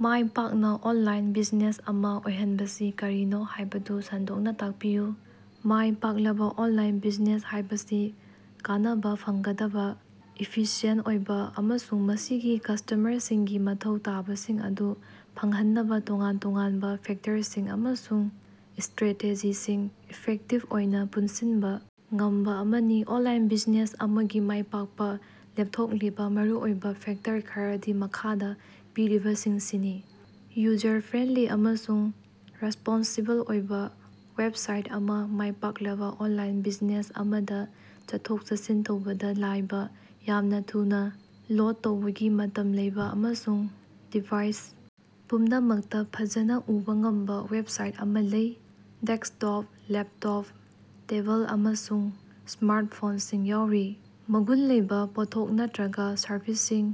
ꯃꯥꯏꯄꯥꯛꯅꯥ online business ꯑꯃꯥ ꯑꯣꯏꯍꯟꯕꯁꯤ ꯀꯔꯤꯅꯣ ꯍꯥꯏꯕꯗꯨ ꯁꯟꯗꯣꯛꯅꯥ ꯇꯥꯛꯄꯤꯌꯨ꯫ ꯃꯥꯏ ꯄꯥꯛꯂꯕꯥ ꯑꯣꯟꯂꯥꯏꯟ ꯕꯤꯖꯤꯅꯦꯁ ꯍꯥꯏꯕꯁꯤ ꯀꯥꯟꯅꯕꯥ ꯐꯪꯒꯗꯕꯥ, ꯏꯐꯤꯁꯤꯌꯦꯟꯇ ꯑꯣꯏꯕꯥ ꯑꯃꯁꯨꯡ ꯃꯁꯤꯒꯤ ꯀꯁꯇꯃꯔꯁꯤꯡꯒꯤ ꯃꯊꯧ ꯇꯥꯕꯁꯤꯡ ꯑꯗꯨ ꯐꯪꯍꯟꯅꯕꯥ ꯇꯣꯉꯥꯟ ꯇꯣꯉꯥꯟꯕꯥ ꯐꯦꯛꯇꯔꯁꯤꯡ ꯑꯃꯁꯨꯡ ꯢꯁꯇ꯭ꯔꯦꯇꯦꯖꯤꯁꯤꯡ ꯏꯐꯦꯛꯇꯤꯕ ꯑꯣꯏꯅꯥ ꯄꯨꯟꯁꯤꯟꯕꯥ ꯉꯝꯕꯥ ꯑꯃꯅꯤ꯫ ꯑꯣꯟꯂꯥꯏꯟ ꯕꯤꯖꯤꯅꯦꯁ ꯑꯃꯒꯤ ꯃꯥꯏꯄꯥꯛꯄꯥ ꯂꯦꯞꯊꯣꯛꯂꯤꯕꯥ ꯃꯔꯨꯑꯣꯏꯕꯥ ꯐꯦꯛꯇꯔ ꯈꯔꯗꯤ ꯃꯈꯥꯗꯥ ꯄꯤꯔꯤꯕꯁꯤꯡꯁꯤꯅꯤ: ꯌꯨꯖꯔ-ꯐ꯭ꯔꯦꯟꯂꯤ ꯑꯃꯁꯨꯡ ꯔꯦꯁꯄꯣꯟꯁꯤꯕꯜ ꯑꯣꯏꯕꯥ ꯋꯦꯞꯁꯥꯏꯠ ꯑꯃ ꯃꯥꯏꯄꯥꯛꯂꯕꯥ ꯑꯣꯟꯂꯥꯏꯟ ꯕꯤꯖꯤꯅꯦꯁ ꯑꯃꯗꯥ ꯆꯠꯊꯣꯛ-ꯆꯠꯁꯤꯟ ꯇꯧꯕꯗꯥ ꯂꯥꯏꯕꯥ, ꯌꯥꯝꯅꯥ ꯊꯨꯅꯥ ꯂꯣꯠ ꯇꯧꯕꯒꯤ ꯃꯇꯝ ꯂꯩꯕꯥ ꯑꯃꯁꯨꯡ ꯗꯤꯚꯥꯏꯁ ꯄꯨꯝꯅꯃꯛꯇꯥ ꯐꯖꯅꯥ ꯎꯕꯥ ꯉꯝꯕꯥ ꯋꯦꯞꯁꯥꯏꯠ ꯑꯃꯥ ꯂꯩ꯫ ꯗꯦꯛꯁꯇꯣꯞ, ꯂꯦꯞꯇꯣꯞ, ꯇꯦꯕꯜ ꯑꯃꯁꯨꯡ ꯁ꯭ꯃꯥꯔꯠ ꯐꯣꯟꯁꯤꯡ ꯌꯥꯎꯔꯤ꯫ ꯃꯒꯨꯟ ꯂꯩꯕꯥ ꯄꯣꯠꯊꯣꯛ ꯅꯠꯇ꯭ꯔꯒꯥ ꯁꯔꯚꯤꯁꯁꯤꯡ: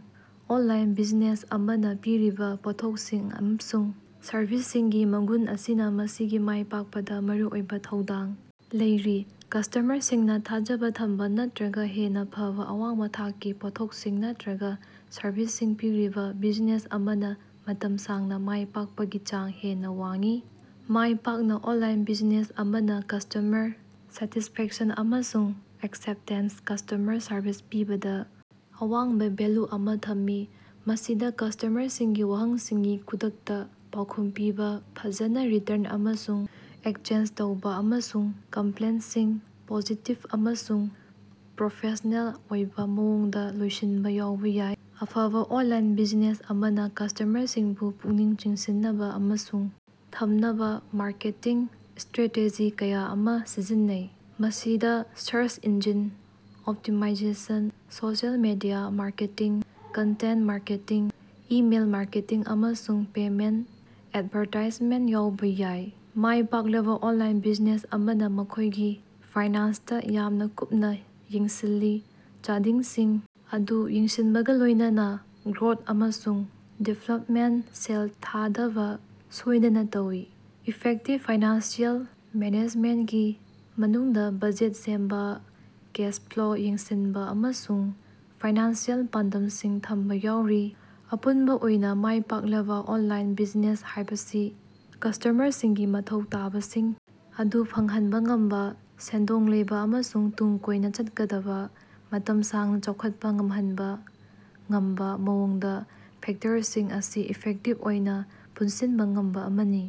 ꯑꯣꯟꯂꯥꯏꯟ ꯕꯤꯖꯤꯅꯦꯁ ꯑꯃꯅꯥ ꯄꯤꯔꯤꯕꯥ ꯄꯣꯠꯊꯣꯛꯁꯤꯡ ꯑꯃꯁꯨꯡ ꯁꯔꯚꯤꯁꯁꯤꯡꯒꯤ ꯃꯒꯨꯟ ꯑꯁꯤꯅꯥ ꯃꯁꯤꯒꯤ ꯃꯥꯏ ꯄꯥꯛꯄꯗꯥ ꯃꯔꯨꯑꯣꯏꯕꯥ ꯊꯧꯗꯥꯡ ꯂꯧꯔꯤ꯫ ꯀꯁꯇ꯭ꯃꯔꯁꯤꯡꯅꯥ ꯊꯥꯖꯕꯥ ꯊꯝꯕꯥ ꯅꯠꯇ꯭ꯔꯒꯥ ꯍꯦꯟꯅꯥ ꯐꯕꯥ ꯑꯋꯥꯡꯕꯥ ꯊꯥꯛꯀꯤ ꯄꯣꯠꯊꯣꯛꯁꯤꯡ ꯅꯠꯇ꯭ꯔꯒꯥ ꯁꯔꯚꯤꯁꯁꯤꯡ ꯄꯤꯔꯤꯕꯥ ꯕꯤꯖꯤꯅꯦꯁ ꯑꯃꯅꯥ ꯃꯇꯝ ꯁꯥꯡꯅꯥ ꯃꯥꯏ ꯄꯥꯛꯄꯒꯤ ꯆꯥꯡ ꯍꯦꯟꯅꯥ ꯋꯥꯡꯏ꯫ ꯃꯥꯏꯄꯥꯛꯅꯥ ꯑꯣꯟꯂꯥꯏꯟ ꯕꯤꯖꯤꯅꯦꯁ ꯑꯃꯅꯥ ꯀꯁꯇꯃꯔ ꯁꯦꯇꯤꯁꯐꯦꯛꯁꯟ ꯑꯃꯁꯨꯡ ꯑꯦꯛꯁꯦꯞꯇꯦꯟꯁ ꯀꯁꯇ꯭ꯃꯔ ꯁꯔꯚꯤꯁ ꯄꯤꯕꯗꯥ ꯑꯋꯥꯡꯕꯥ ꯚꯦꯜꯂꯨ ꯑꯃꯥ ꯊꯝꯃꯤ꯫ ꯃꯁꯤꯗꯥ ꯀꯁꯇ꯭ꯃꯔꯁꯤꯡꯒꯤ ꯋꯥꯍꯪꯁꯤꯡꯒꯤ ꯈꯨꯗꯛꯇꯥ ꯄꯥꯎꯈꯨꯝ ꯄꯤꯕꯥ, ꯐꯖꯅꯥ ꯔꯤꯇ꯭ꯔꯟ ꯑꯃꯁꯨꯡ ꯑꯦꯛꯁꯆꯦꯟꯖ ꯇꯧꯕꯥ ꯑꯃꯁꯨꯡ ꯀꯝꯄ꯭ꯂꯦꯟꯁꯤꯡ ꯄꯣꯖꯤꯇꯤꯚ ꯑꯃꯁꯨꯡ ꯄ꯭ꯔꯣꯐꯦꯁꯅꯦꯜ ꯑꯣꯏꯕꯥ ꯃꯑꯣꯡꯗꯥ ꯂꯣꯏꯁꯤꯟꯕꯥ ꯌꯥꯎꯕꯥ ꯌꯥꯏ꯫ ꯑꯐꯕꯥ ꯑꯣꯟꯂꯥꯏꯟ ꯕꯤꯖꯤꯅꯦꯁ ꯑꯃꯅꯥ ꯀꯁꯇꯃꯔꯁꯤꯡꯕꯨ ꯄꯨꯛꯅꯤꯡ ꯆꯤꯡꯁꯤꯟꯅꯕꯥ ꯑꯃꯁꯨꯡ ꯊꯝꯅꯕꯥ ꯃꯥꯔꯀꯦꯇꯤꯡ ꯏꯁꯇ꯭ꯔꯦꯇꯦꯖꯤ ꯀꯌꯥ ꯑꯃꯥ ꯁꯤꯖꯤꯟꯅꯩ꯫ ꯃꯁꯤꯗꯥ search engine optimisation, social media marketing, content marketing, email marketing ꯑꯃꯁꯨꯡ ꯄꯦꯃꯦꯟꯇ ꯑꯦꯠꯚꯥꯔꯇꯥꯏꯖꯃꯦꯟ ꯌꯥꯎꯕꯥ ꯌꯥꯏ꯫ ꯃꯥꯏ ꯄꯥꯛꯂꯕꯥ ꯑꯣꯟꯂꯥꯏꯟ ꯕꯤꯖꯤꯅꯦꯁ ꯑꯃꯅꯥ ꯃꯈꯣꯏꯒꯤ ꯐꯥꯏꯅꯥꯟꯁꯇꯥ ꯌꯥꯝꯅꯥ ꯀꯨꯞꯅꯥ ꯌꯦꯡꯁꯤꯜꯂꯤ, ꯆꯥꯗꯤꯡꯁꯤꯡ ꯑꯗꯨ ꯌꯦꯡꯁꯤꯟꯕꯒꯥ ꯂꯣꯏꯅꯅꯥ ꯒ꯭ꯔꯣꯠ ꯑꯃꯁꯨꯡ ꯗꯤꯕ꯭ꯂꯞꯃꯦꯟꯗꯥ ꯁꯦꯜ ꯊꯥꯗꯕꯥ ꯁꯣꯏꯗꯅꯥ ꯇꯧꯏ꯫ ꯏꯐꯦꯛꯇꯤꯞ ꯐꯥꯏꯅꯥꯟꯁꯤꯑꯦꯜ ꯃꯦꯅꯦꯖꯃꯦꯟꯀꯤ ꯃꯅꯨꯡꯗꯥ ꯕꯖꯦꯠ ꯁꯦꯝꯕꯥ, ꯀꯦꯁ ꯐ꯭ꯂꯣ ꯌꯦꯡꯁꯤꯟꯕꯥ ꯑꯃꯁꯨꯡ ꯐꯥꯏꯅꯥꯟꯁꯤꯑꯦꯜ ꯄꯥꯟꯗꯝꯁꯤꯡ ꯊꯝꯕꯥ ꯌꯥꯎꯔꯤ꯫ ꯑꯄꯨꯟꯕꯥ ꯑꯣꯏꯅꯥ, ꯃꯥꯏꯄꯥꯛꯂꯕꯥ ꯑꯣꯟꯂꯥꯏꯟ ꯕꯤꯖꯤꯅꯦꯁ ꯍꯥꯏꯕꯁꯤ ꯀꯁꯇ꯭ꯃꯔꯁꯤꯡꯒꯤ ꯃꯊꯧ ꯇꯥꯕꯁꯤꯡ ꯑꯗꯨ ꯐꯪꯍꯟꯕꯥ ꯉꯝꯕꯥ, ꯁꯦꯟꯗꯣꯡ ꯂꯩꯕꯥ ꯑꯃꯁꯨꯡ ꯇꯨꯡ ꯀꯣꯏꯅꯥ ꯆꯠꯀꯗꯕꯥ ꯃꯇꯝ ꯁꯥꯡꯅꯥ ꯆꯥꯎꯈꯠꯄꯥ ꯉꯝꯍꯟꯕꯥ ꯉꯝꯕꯥ ꯃꯑꯣꯡꯗꯥ ꯐꯦꯛꯇꯔꯁꯤꯡ ꯑꯁꯤ ꯏꯐꯦꯛꯇꯤꯕ ꯑꯣꯏꯅꯥ ꯄꯨꯟꯁꯤꯟꯕꯥ ꯉꯝꯕꯥ ꯑꯃꯅꯤ꯫